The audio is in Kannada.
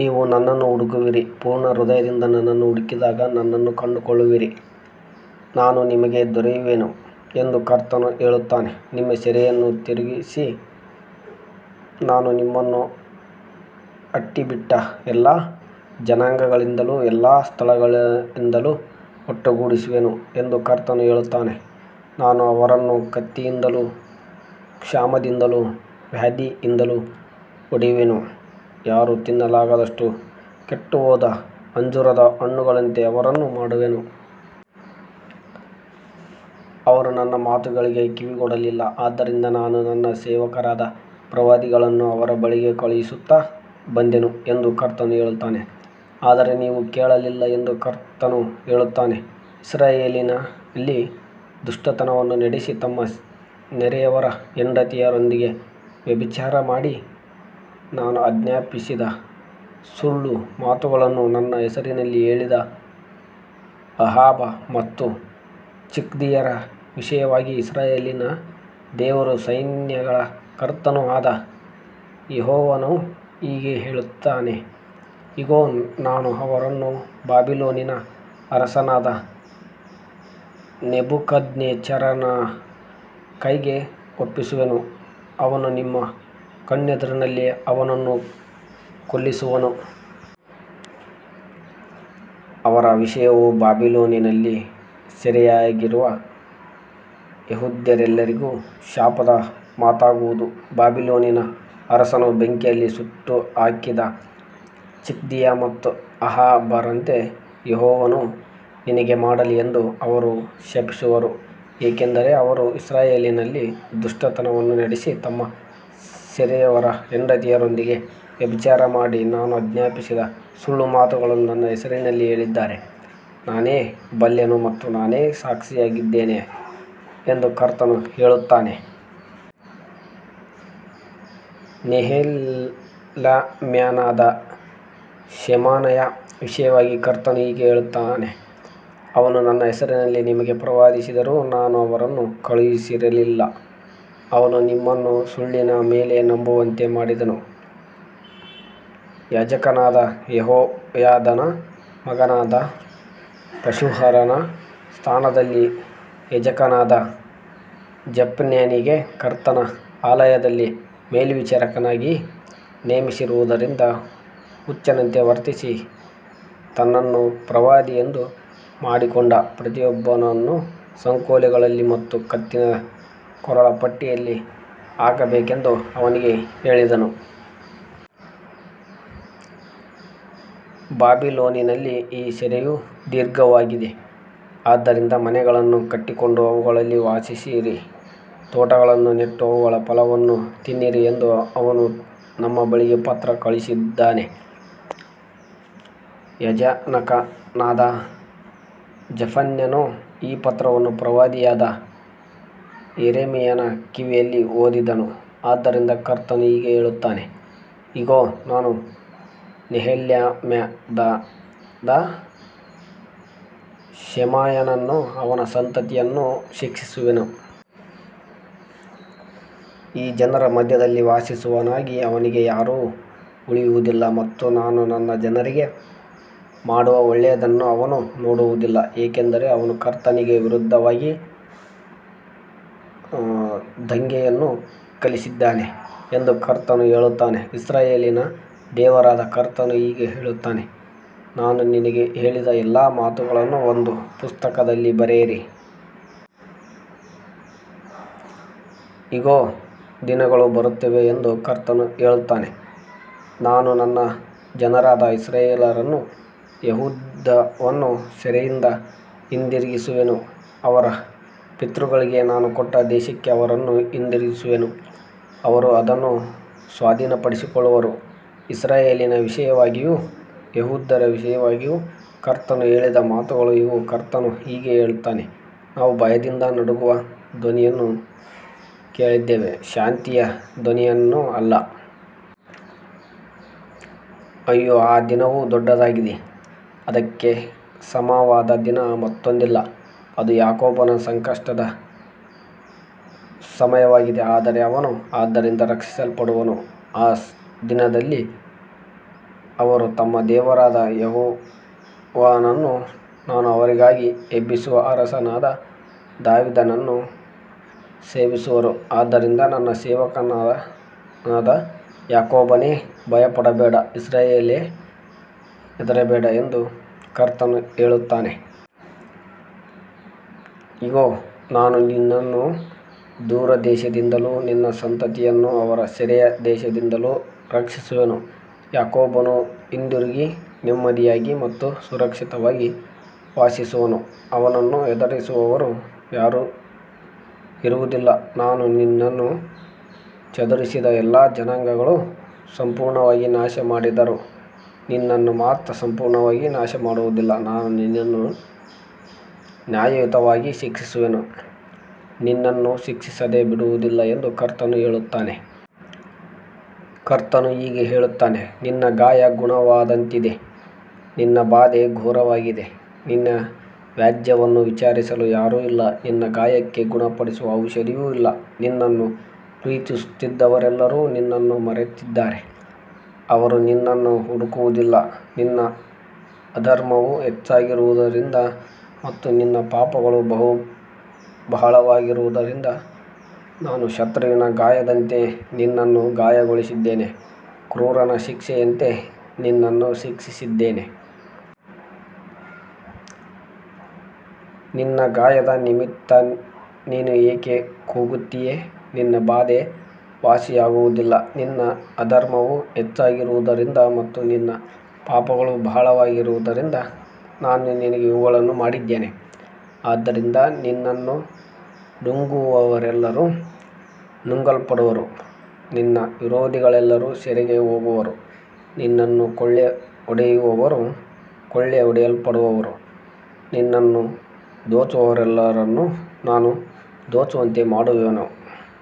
ನೀವು ನನ್ನನ್ನು ಹುಡುಕುವಿರಿ, ಪೂರ್ಣ ಹೃದಯದಿಂದ ನನ್ನನ್ನು ಹುಡುಕಿದಾಗ ನನ್ನನ್ನು ಕಂಡುಕೊಳ್ಳುವಿರಿ. ನಾನು ನಿಮಗೆ ದೊರೆಯುವೆನು ಎಂದು ಕರ್ತನು ಹೇಳುತ್ತಾನೆ, ನಿಮ್ಮ ಸೆರೆಯನ್ನು ತಿರುಗಿಸಿ, ನಾನು ನಿಮ್ಮನ್ನು ಅಟ್ಟಿಬಿಟ್ಟ ಎಲ್ಲಾ ಜನಾಂಗಗಳಿಂದಲೂ ಎಲ್ಲಾ ಸ್ಥಳಗಳಿಂದಲೂ ಒಟ್ಟುಗೂಡಿಸುವೆನು ಎಂದು ಕರ್ತನು ಹೇಳುತ್ತಾನೆ. ನಾನು ಅವರನ್ನು ಕತ್ತಿಯಿಂದಲೂ ಕ್ಷಾಮದಿಂದಲೂ ವ್ಯಾಧಿಯಿಂದಲೂ ಹೊಡೆಯುವೆನು, ಯಾರೂ ತಿನ್ನಲಾಗದಷ್ಟು ಕೆಟ್ಟುಹೋದ ಅಂಜೂರದ ಹಣ್ಣುಗಳಂತೆ ಅವರನ್ನು ಮಾಡುವೆನು. ಅವರು ನನ್ನ ಮಾತುಗಳಿಗೆ ಕಿವಿಗೊಡಲಿಲ್ಲ, ಆದ್ದರಿಂದ ನಾನು ನನ್ನ ಸೇವಕರಾದ ಪ್ರವಾದಿಗಳನ್ನು ಅವರ ಬಳಿಗೆ ಕಳುಹಿಸುತ್ತಾ ಬಂದೆನು ಎಂದು ಕರ್ತನು ಹೇಳುತ್ತಾನೆ, ಆದರೆ ನೀವು ಕೇಳಲಿಲ್ಲ ಎಂದು ಕರ್ತನು ಹೇಳುತ್ತಾನೆ. ಇಸ್ರಾಯೇಲಿನಲ್ಲಿ ದುಷ್ಟತನವನ್ನು ನಡೆಸಿ, ತಮ್ಮ ನೆರೆಯವರ ಹೆಂಡತಿಯರೊಂದಿಗೆ ವ್ಯಭಿಚಾರ ಮಾಡಿ, ನಾನು ಆಜ್ಞಾಪಿಸದ ಸುಳ್ಳು ಮಾತುಗಳನ್ನು ನನ್ನ ಹೆಸರಿನಲ್ಲಿ ಹೇಳಿದ ಅಹಾಬ ಮತ್ತು ಚಿದ್ಕೀಯರ ವಿಷಯವಾಗಿ ಇಸ್ರಾಯೇಲಿನ ದೇವರೂ ಸೈನ್ಯಗಳ ಕರ್ತನೂ ಆದ ಯೆಹೋವನು ಹೀಗೆ ಹೇಳುತ್ತಾನೆ, ಇಗೋ, ನಾನು ಅವರನ್ನು ಬಾಬಿಲೋನಿನ ಅರಸನಾದ ನೆಬೂಕದ್ನೆಚ್ಚರನ ಕೈಗೆ ಒಪ್ಪಿಸುವೆನು, ಅವನು ನಿಮ್ಮ ಕಣ್ಣೆದುರಿನಲ್ಲಿ ಅವರನ್ನು ಕೊಲ್ಲಿಸುವನು. ಅವರ ವಿಷಯವು ಬಾಬಿಲೋನಿನಲ್ಲಿ ಸೆರೆಯಾಗಿರುವ ಯೆಹೂದ್ಯರೆಲ್ಲರಿಗೂ ಶಾಪದ ಮಾತಾಗುವುದು, ಬಾಬಿಲೋನಿನ ಅರಸನು ಬೆಂಕಿಯಲ್ಲಿ ಸುಟ್ಟುಹಾಕಿದ ಚಿದ್ಕೀಯ ಮತ್ತು ಅಹಾಬರಂತೆ ಯೆಹೋವನು ನಿನಗೆ ಮಾಡಲಿ ಎಂದು ಅವರು ಶಪಿಸುವರು. ಏಕೆಂದರೆ ಅವರು ಇಸ್ರಾಯೇಲಿನಲ್ಲಿ ದುಷ್ಟತನವನ್ನು ನಡೆಸಿ, ತಮ್ಮ ನೆರೆಯವರ ಹೆಂಡತಿಯರೊಂದಿಗೆ ವ್ಯಭಿಚಾರ ಮಾಡಿ, ನಾನು ಆಜ್ಞಾಪಿಸದ ಸುಳ್ಳು ಮಾತುಗಳನ್ನು ನನ್ನ ಹೆಸರಿನಲ್ಲಿ ಹೇಳಿದ್ದಾರೆ, ನಾನೇ ಬಲ್ಲೆನು ಮತ್ತು ನಾನೇ ಸಾಕ್ಷಿಯಾಗಿದ್ದೇನೆ ಎಂದು ಕರ್ತನು ಹೇಳುತ್ತಾನೆ. ನೆಹೆಲಾಮ್ಯನಾದ ಶೆಮಾಯನ ವಿಷಯವಾಗಿ ಕರ್ತನು ಹೀಗೆ ಹೇಳುತ್ತಾನೆ, ಅವನು ನನ್ನ ಹೆಸರಿನಲ್ಲಿ ನಿಮಗೆ ಪ್ರವಾದಿಸಿದರೂ ನಾನು ಅವನನ್ನು ಕಳುಹಿಸಿರಲಿಲ್ಲ. ಅವನು ನಿಮ್ಮನ್ನು ಸುಳ್ಳಿನ ಮೇಲೆ ನಂಬುವಂತೆ ಮಾಡಿದನು. ಯಾಜಕನಾದ ಯೆಹೋಯಾದನ ಮಗನಾದ ಪಶ್ಹೂರನ ಸ್ಥಾನದಲ್ಲಿ ಯಾಜಕನಾದ ಜೆಫನ್ಯನಿಗೆ ಕರ್ತನ ಆಲಯದಲ್ಲಿ ಮೇಲ್ವಿಚಾರಕನನ್ನಾಗಿ ನೇಮಿಸಿರುವುದರಿಂದ, ಹುಚ್ಚನಂತೆ ವರ್ತಿಸಿ ತನ್ನನ್ನು ಪ್ರವಾದಿಯೆಂದು ಮಾಡಿಕೊಂಡ ಪ್ರತಿಯೊಬ್ಬನನ್ನು ಸಂಕೋಲೆಗಳಲ್ಲಿ ಮತ್ತು ಕತ್ತಿನ ಕೊರಳಪಟ್ಟಿಯಲ್ಲಿ ಹಾಕಬೇಕೆಂದು ಅವನಿಗೆ ಹೇಳಿದನು. ಬಾಬಿಲೋನಿನಲ್ಲಿ ಈ ಸೆರೆಯು ದೀರ್ಘವಾಗಿದೆ, ಆದ್ದರಿಂದ ಮನೆಗಳನ್ನು ಕಟ್ಟಿಕೊಂಡು ಅವುಗಳಲ್ಲಿ ವಾಸಿಸಿರಿ, ತೋಟಗಳನ್ನು ನೆಟ್ಟು ಅವುಗಳ ಫಲವನ್ನು ತಿನ್ನಿರಿ ಎಂದು ಅವನು ನಮ್ಮ ಬಳಿಗೆ ಪತ್ರ ಕಳುಹಿಸಿದ್ದಾನೆ. ಯಾಜಕನಾದ ಜೆಫನ್ಯನು ಈ ಪತ್ರವನ್ನು ಪ್ರವಾದಿಯಾದ ಯೆರೆಮೀಯನ ಕಿವಿಯಲ್ಲಿ ಓದಿದನು. ಆದ್ದರಿಂದ ಕರ್ತನು ಹೀಗೆ ಹೇಳುತ್ತಾನೆ, ಇಗೋ, ನಾನು ನೆಹೆಲಾಮ್ಯನಾದ ಶೆಮಾಯನನ್ನೂ ಅವನ ಸಂತತಿಯನ್ನೂ ಶಿಕ್ಷಿಸುವೆನು. ಈ ಜನರ ಮಧ್ಯದಲ್ಲಿ ವಾಸಿಸುವವನಾಗಿ ಅವನಿಗೆ ಯಾರೂ ಉಳಿಯುವುದಿಲ್ಲ, ಮತ್ತು ನಾನು ನನ್ನ ಜನರಿಗೆ ಮಾಡುವ ಒಳ್ಳೆಯದನ್ನು ಅವನು ನೋಡುವುದಿಲ್ಲ, ಏಕೆಂದರೆ ಅವನು ಕರ್ತನಿಗೆ ವಿರುದ್ಧವಾಗಿ ದಂಗೆಯನ್ನು ಕಲಿಸಿದ್ದಾನೆ ಎಂದು ಕರ್ತನು ಹೇಳುತ್ತಾನೆ. ಇಸ್ರಾಯೇಲಿನ ದೇವರಾದ ಕರ್ತನು ಹೀಗೆ ಹೇಳುತ್ತಾನೆ, ನಾನು ನಿನಗೆ ಹೇಳಿದ ಎಲ್ಲಾ ಮಾತುಗಳನ್ನು ಒಂದು ಪುಸ್ತಕದಲ್ಲಿ ಬರೆಯಿರಿ. ಇಗೋ, ದಿನಗಳು ಬರುತ್ತವೆ ಎಂದು ಕರ್ತನು ಹೇಳುತ್ತಾನೆ, ನಾನು ನನ್ನ ಜನರಾದ ಇಸ್ರಾಯೇಲನ್ನೂ ಯೆಹೂದವನ್ನೂ ಸೆರೆಯಿಂದ ಹಿಂದಿರುಗಿಸುವೆನು, ಅವರ ಪಿತೃಗಳಿಗೆ ನಾನು ಕೊಟ್ಟ ದೇಶಕ್ಕೆ ಅವರನ್ನು ಹಿಂದಿರುಗಿಸುವೆನು, ಅವರು ಅದನ್ನು ಸ್ವಾಧೀನಪಡಿಸಿಕೊಳ್ಳುವರು. ಇಸ್ರಾಯೇಲಿನ ವಿಷಯವಾಗಿಯೂ ಯೆಹೂದದ ವಿಷಯವಾಗಿಯೂ ಕರ್ತನು ಹೇಳಿದ ಮಾತುಗಳು ಇವು. ಕರ್ತನು ಹೀಗೆ ಹೇಳುತ್ತಾನೆ, ನಾವು ಭಯದಿಂದ ನಡುಗುವ ಧ್ವನಿಯನ್ನು ಕೇಳಿದ್ದೇವೆ, ಶಾಂತಿಯ ಧ್ವನಿಯನ್ನು ಅಲ್ಲ. ಅಯ್ಯೋ, ಆ ದಿನವು ದೊಡ್ಡದಾಗಿದೆ, ಅದಕ್ಕೆ ಸಮವಾದ ದಿನ ಮತ್ತೊಂದಿಲ್ಲ. ಅದು ಯಾಕೋಬನ ಸಂಕಟದ ಸಮಯವಾಗಿದೆ, ಆದರೆ ಅವನು ಅದರಿಂದ ರಕ್ಷಿಸಲ್ಪಡುವನು. ಆ ದಿನದಲ್ಲಿ ಅವರು ತಮ್ಮ ದೇವರಾದ ಯೆಹೋವನನ್ನೂ ನಾನು ಅವರಿಗಾಗಿ ಎಬ್ಬಿಸುವ ಅರಸನಾದ ದಾವೀದನನ್ನೂ ಸೇವಿಸುವರು. ಆದ್ದರಿಂದ ನನ್ನ ಸೇವಕನಾದ ಯಾಕೋಬನೇ, ಭಯಪಡಬೇಡ, ಇಸ್ರಾಯೇಲೇ, ಹೆದರಬೇಡ ಎಂದು ಕರ್ತನು ಹೇಳುತ್ತಾನೆ. ಇಗೋ, ನಾನು ನಿನ್ನನ್ನು ದೂರದೇಶದಿಂದಲೂ ನಿನ್ನ ಸಂತತಿಯನ್ನು ಅವರ ಸೆರೆಯ ದೇಶದಿಂದಲೂ ರಕ್ಷಿಸುವೆನು. ಯಾಕೋಬನು ಹಿಂದಿರುಗಿ, ನೆಮ್ಮದಿಯಾಗಿ ಮತ್ತು ಸುರಕ್ಷಿತವಾಗಿ ವಾಸಿಸುವನು, ಅವನನ್ನು ಹೆದರಿಸುವವರು ಯಾರೂ ಇರುವುದಿಲ್ಲ. ನಾನು ನಿನ್ನನ್ನು ಚದುರಿಸಿದ ಎಲ್ಲಾ ಜನಾಂಗಗಳನ್ನು ಸಂಪೂರ್ಣವಾಗಿ ನಾಶಮಾಡಿದರೂ, ನಿನ್ನನ್ನು ಮಾತ್ರ ಸಂಪೂರ್ಣವಾಗಿ ನಾಶಮಾಡುವುದಿಲ್ಲ. ನಾನು ನಿನ್ನನ್ನು ನ್ಯಾಯಯುತವಾಗಿ ಶಿಕ್ಷಿಸುವೆನು, ನಿನ್ನನ್ನು ಶಿಕ್ಷಿಸದೆ ಬಿಡುವುದಿಲ್ಲ ಎಂದು ಕರ್ತನು ಹೇಳುತ್ತಾನೆ. ಕರ್ತನು ಹೀಗೆ ಹೇಳುತ್ತಾನೆ, ನಿನ್ನ ಗಾಯ ಗುಣವಾಗದಂತಿದೆ, ನಿನ್ನ ಬಾಧೆ ಘೋರವಾಗಿದೆ. ನಿನ್ನ ವ್ಯಾಜ್ಯವನ್ನು ವಿಚಾರಿಸಲು ಯಾರೂ ಇಲ್ಲ, ನಿನ್ನ ಗಾಯಕ್ಕೆ ಗುಣಪಡಿಸುವ ಔಷಧಿಯೂ ಇಲ್ಲ. ನಿನ್ನನ್ನು ಪ್ರೀತಿಸುತ್ತಿದ್ದವರೆಲ್ಲರೂ ನಿನ್ನನ್ನು ಮರೆತಿದ್ದಾರೆ, ಅವರು ನಿನ್ನನ್ನು ಹುಡುಕುವುದಿಲ್ಲ. ನಿನ್ನ ಅಧರ್ಮವು ಹೆಚ್ಚಾಗಿರುವುದರಿಂದ ಮತ್ತು ನಿನ್ನ ಪಾಪಗಳು ಬಹಳವಾಗಿರುವುದರಿಂದ ನಾನು ಶತ್ರುವಿನ ಗಾಯದಂತೆ ನಿನ್ನನ್ನು ಗಾಯಗೊಳಿಸಿದ್ದೇನೆ, ಕ್ರೂರನ ಶಿಕ್ಷೆಯಂತೆ ನಿನ್ನನ್ನು ಶಿಕ್ಷಿಸಿದ್ದೇನೆ. ನಿನ್ನ ಗಾಯದ ನಿಮಿತ್ತ ನೀನು ಏಕೆ ಕೂಗುತ್ತೀಯೆ, ನಿನ್ನ ಬಾಧೆ ವಾಸಿಯಾಗುವುದಿಲ್ಲ. ನಿನ್ನ ಅಧರ್ಮವು ಹೆಚ್ಚಾಗಿರುವುದರಿಂದ ಮತ್ತು ನಿನ್ನ ಪಾಪಗಳು ಬಹಳವಾಗಿರುವುದರಿಂದ ನಾನು ನಿನಗೆ ಇವುಗಳನ್ನು ಮಾಡಿದ್ದೇನೆ. ಆದ್ದರಿಂದ ನಿನ್ನನ್ನು ನುಂಗುವವರೆಲ್ಲರೂ ನುಂಗಲ್ಪಡುವರು, ನಿನ್ನ ವಿರೋಧಿಗಳೆಲ್ಲರೂ ಸೆರೆಗೆ ಹೋಗುವರು, ನಿನ್ನನ್ನು ಕೊಳ್ಳೆಹೊಡೆಯುವವರು ಕೊಳ್ಳೆಹೊಡೆಯಲ್ಪಡುವರು, ನಿನ್ನನ್ನು ದೋಚುವವರೆಲ್ಲರನ್ನೂ ನಾನು ದೋಚುವಂತೆ ಮಾಡುವೆನು.